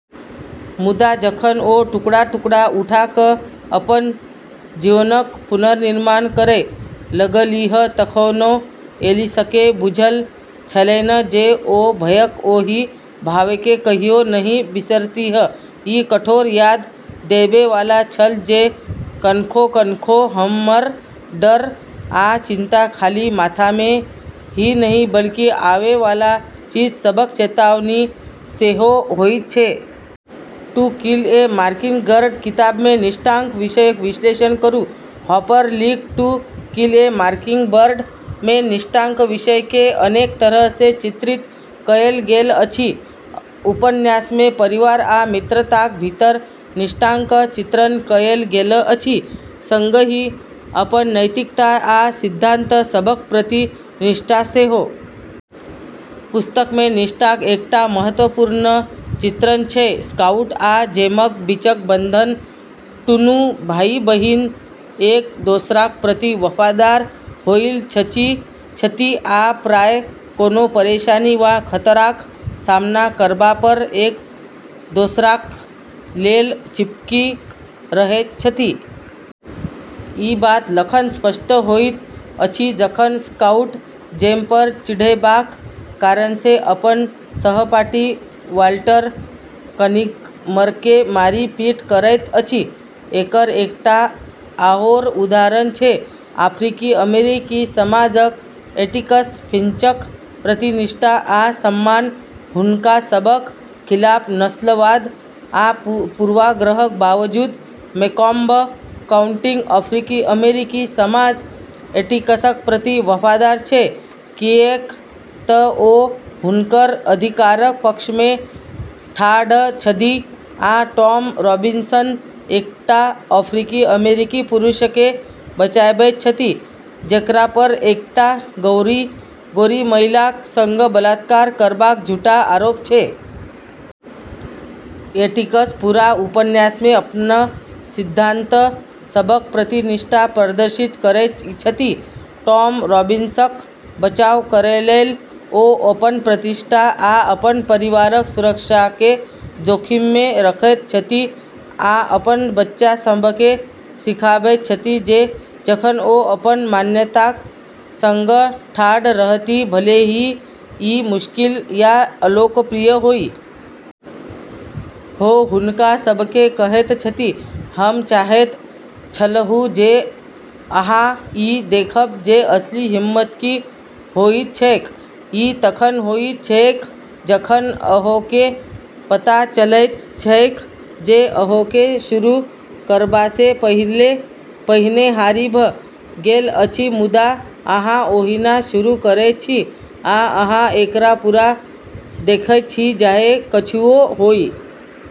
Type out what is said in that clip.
मुदा जखन ओ टुकड़ा-टुकड़ा उठा कऽ अपन जीवनक पुनर्निर्माण करै लगलीह तखनो ऐलिसकेँ बुझल छलैन जे ओ भयक ओहि भावकेँ कहियो नहि बिसरतीह। ई कठोर याद देबै वाला छल जे कखनो-कखनो, हमर डर आ चिंता खाली माथामे ही नहि, बल्कि आवै वाला चीज सभक चेतावनी सेहो होइत छै। "टू किल ए मॉकिंगबर्ड" किताबमे निष्ठाक विषयक विश्लेषण करू। हार्पर लीक "टू किल ए मॉकिंगबर्ड" मे निष्ठाक विषयकेँ अनेक तरहसँ चित्रित कएल गेल अछि। उपन्यासमे परिवार आ मित्रताक भीतर निष्ठाक चित्रण कएल गेल अछि, संगहि अपन नैतिकता आ सिद्धांत सभक प्रति निष्ठा सेहो। पुस्तकमे निष्ठाक एकटा महत्वपूर्ण चित्रण छै स्काउट आ जेमक बीचक बंधन। दूनू भाइ-बहिन एक दोसराक प्रति वफादार होइत छथि, आ प्रायः कोनो परेशानी वा खतराक सामना करबापर एक दोसराक लेल चिपकि कऽ रहैत छथि। ई बात तखन स्पष्ट होइत अछि जखन स्काउट जेमपर चिढ़ैबाक कारणसँ अपन सहपाठी वाल्टर कनिंघमकेँ मारि-पीट करैत अछि। एकर एकटा आओर उदाहरण छै अफ्रीकी-अमेरिकी समाजक एटिकस फिंचक प्रति निष्ठा आ सम्मान। हुनका सभक खिलाफ नस्लवाद आ पूर्वाग्रहक बावजूद मेकॉम्ब काउंटीक अफ्रीकी-अमेरिकी समाज एटिकसक प्रति वफादार छै, किऐक तऽ ओ हुनकर अधिकारक पक्षमे ठाढ़ छथि आ टॉम रॉबिन्सन, एकटा अफ्रीकी-अमेरिकी पुरुषकेँ बचाबैत छथि, जेकरापर एकटा गोरी महिलाक संग बलात्कार करबाक झूठा आरोप छै। एटिकस पूरा उपन्यासमे अपन सिद्धांत सभक प्रति निष्ठा प्रदर्शित करैत छथि। टॉम रॉबिन्सनक बचाव करैलेल ओ अपन प्रतिष्ठा, आ अपन परिवारक सुरक्षाकेँ जोखिममे रखैत छथि, आ अपन बच्चा सभकेँ सिखाबैत छथि जे जखन ओ अपन मान्यताक संग ठाढ़ रहथि, भले ही ई मुश्किल या अलोकप्रिय होइ। ओ हुनका सभकेँ कहैत छथि, "हम चाहैत छलहुँ जे अहाँ ई देखब जे असली हिम्मत की होइत छैक। ई तखन होइत छैक जखन अहाँकेँ पता चलैत छैक जे अहाँकेँ शुरू करबासँ पहिने हारि भऽ गेल अछि मुदा अहाँ ओहिना शुरू करैत छी आ अहाँ एकरा पूरा देखैत छी चाहे किछुओ होइ।"